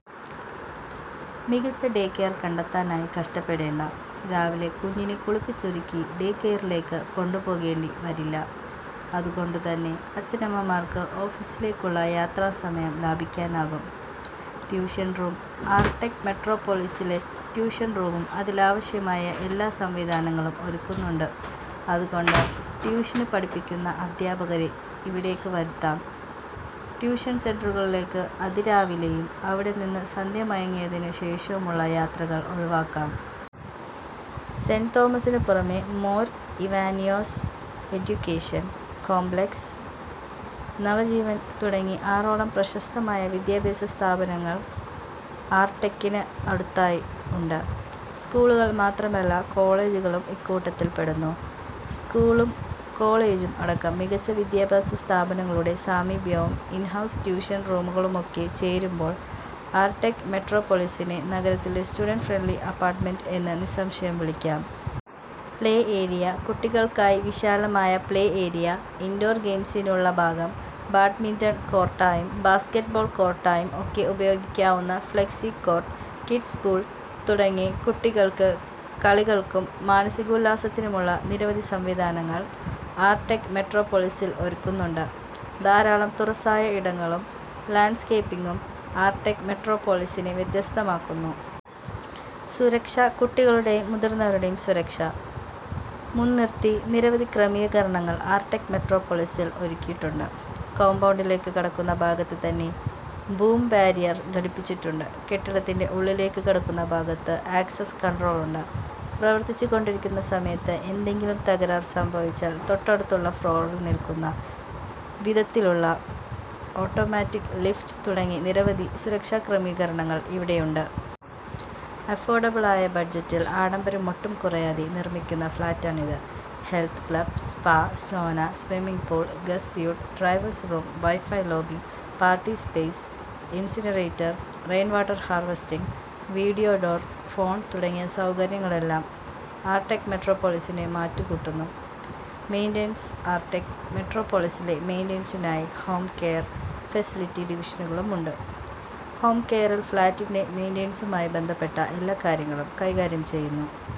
മികച്ച ഡേകെയര് കണ്ടെത്താനായി കഷ്ടപ്പെടേണ്ട. രാവിലെ കുഞ്ഞിനെ കുളിപ്പിച്ചൊരുക്കി ഡേകെയറിലേക്ക് കൊണ്ടുപോകേണ്ടി വരില്ല. അതുകൊണ്ടുതന്നെ അച്ഛനമ്മമാര്ക്ക് ഓഫീസിലേക്കുള്ള യാത്രാസമയം ലാഭിക്കാനാകും. ട്യൂഷന് റൂം ആര്ടെക് മെട്രോപൊളിസില് ട്യൂഷന് റൂമും അതിലാവശ്യമായ എല്ലാ സംവിധാനങ്ങളും ഒരുക്കുന്നുണ്ട്. അതുകൊണ്ട് ട്യൂഷന് പഠിപ്പിക്കുന്ന അധ്യാപകരെ ഇവിടേക്ക് വരുത്താം. ട്യൂഷന് സെന്ററുകളിലേക്ക് അതിരാവിലെയും അവിടെ നിന്ന് സന്ധ്യമയങ്ങിയതിനു ശേഷവുമുള്ള യാത്രകള് ഒഴിവാക്കാം. സെന്റ് തോമസിനു പുറമേ മാര് ഇവാനിയോസ് എഡ്യൂക്കേഷന് കോംപ്ലക്സ്, നവജീവന് തുടങ്ങി ആറോളം പ്രശസ്തമായ വിദ്യാഭ്യാസ സ്ഥാപനങ്ങള് ആര്ട്ടെക്കിന് അടുത്തായി ഉണ്ട്. സ്കൂളുകള് മാത്രമല്ല കോളെജുകളും ഇക്കൂട്ടത്തില് പെടുന്നു. സ്കൂളും കോളെജും അടക്കം മികച്ച വിദ്യാഭ്യാസ സ്ഥാപനങ്ങളുടെ സാമീപ്യവും ഇന്ഹൗസ് ട്യൂഷന് റൂമുകളുമൊക്കെ ചേരുമ്പോള് ആര്െടക് മെട്രോപൊളിസിനെ നഗരത്തിലെ സ്റ്റുഡന്റ് ഫ്രണ്ട്ലി അപ്പാര്ട്ട്മെന്റ് എന്നു നിസംശയം വിളിക്കാം. പ്ലേ ഏരിയ കുട്ടികള്ക്കായി വിശാലമായ പ്ലേ ഏരിയ, ഇന്ഡോര് ഗെയിംസിനുള്ള ഭാഗം, ബാഡ്മിന്റണ് കോര്ട്ടായും ബാസ്കറ്റ് ബോള് കോര്ട്ടായും ഒക്കെ ഉപയോഗിക്കാവുന്ന ഫ്ളെക്സി കോര്ട്ട്, കിഡ്സ് പൂള് തുടങ്ങി കുട്ടികള്ക്ക് കളികള്ക്കും മാനസികോല്ലാസത്തിനുമുള്ള നിരവധി സംവിധാനങ്ങള് ആര്ടെക് മെട്രോപൊളിസില് ഒരുക്കുന്നുണ്ട്. ധാരാളം തുറസായ ഇടങ്ങളും ലാന്ഡ്സ്കേപ്പിംഗും ആര്ടെക് മൊട്രോപോളിസിനെ വ്യത്യസ്തമാക്കുന്നു. സുരക്ഷ കുട്ടികളുടെയും മുതിര്ന്നവരുടെയും സുരക്ഷ മുന്നിര്ത്തി നിരവധി ക്രമീകരണങ്ങള് ആര്ടെക് മെട്രോപൊളിസില് ഒരുക്കിയിട്ടുണ്ട്. കോംപൗണ്ടിലേക്ക് കടക്കുന്ന ഭാഗത്തു തന്നെ ബൂം ബാരിയര് ഘടിപ്പിച്ചിട്ടുണ്ട്. കെട്ടിടത്തിന്റെ ഉള്ളിലേക്ക് കടക്കുന്ന ഭാഗത്ത് ആക്സസ് കണ്ട്രോള് ഉണ്ട്. പ്രവര്ത്തിച്ചുകൊണ്ടിരിക്കുന്ന സമയത്ത് എന്തെങ്കിലും തകരാറ് സംഭവിച്ചാല്, തൊട്ടടുത്ത ഫ്ളോറില് നില്ക്കുന്ന വിധത്തിലുള്ള ഓട്ടോമാറ്റിക് ലിഫ്റ്റ് തുടങ്ങി നിരവധി സുരക്ഷാക്രമീകരണങ്ങള് ഇവിടെയുണ്ട്. അഫോര്ഡബിളായ ബജറ്റില് ആഡംബരമൊട്ടും കുറയാതെ നിര്മിക്കുന്ന ഫ്ളാറ്റാണിത്. Health club, spa, sauna, swimming pool, guest suite, drivers room, wifi lobby, party space, incinerator, rain water harvesting, video door phone തുടങ്ങിയ സൗകര്യങ്ങളെല്ലാം ആര്ടെക് മെട്രോപൊളിസിന് മാറ്റ് കൂട്ടുന്നു. മെയ്ന്റനന്സ് ആര്ടെക് മെട്രോപൊളിസില് മെയ്ന്റനന്സിനായി ഹോം കെയര്, ഫെസിലിറ്റി ഡിവിഷനുകളുണ്ട്. ഹോം കെയറില് ഫ്ളാറ്റിന്റെ മെയ്ന്റനന്സുമായി ബന്ധപ്പെട്ട എല്ലാ കാര്യങ്ങളും കൈകാര്യം ചെയ്യുന്നു.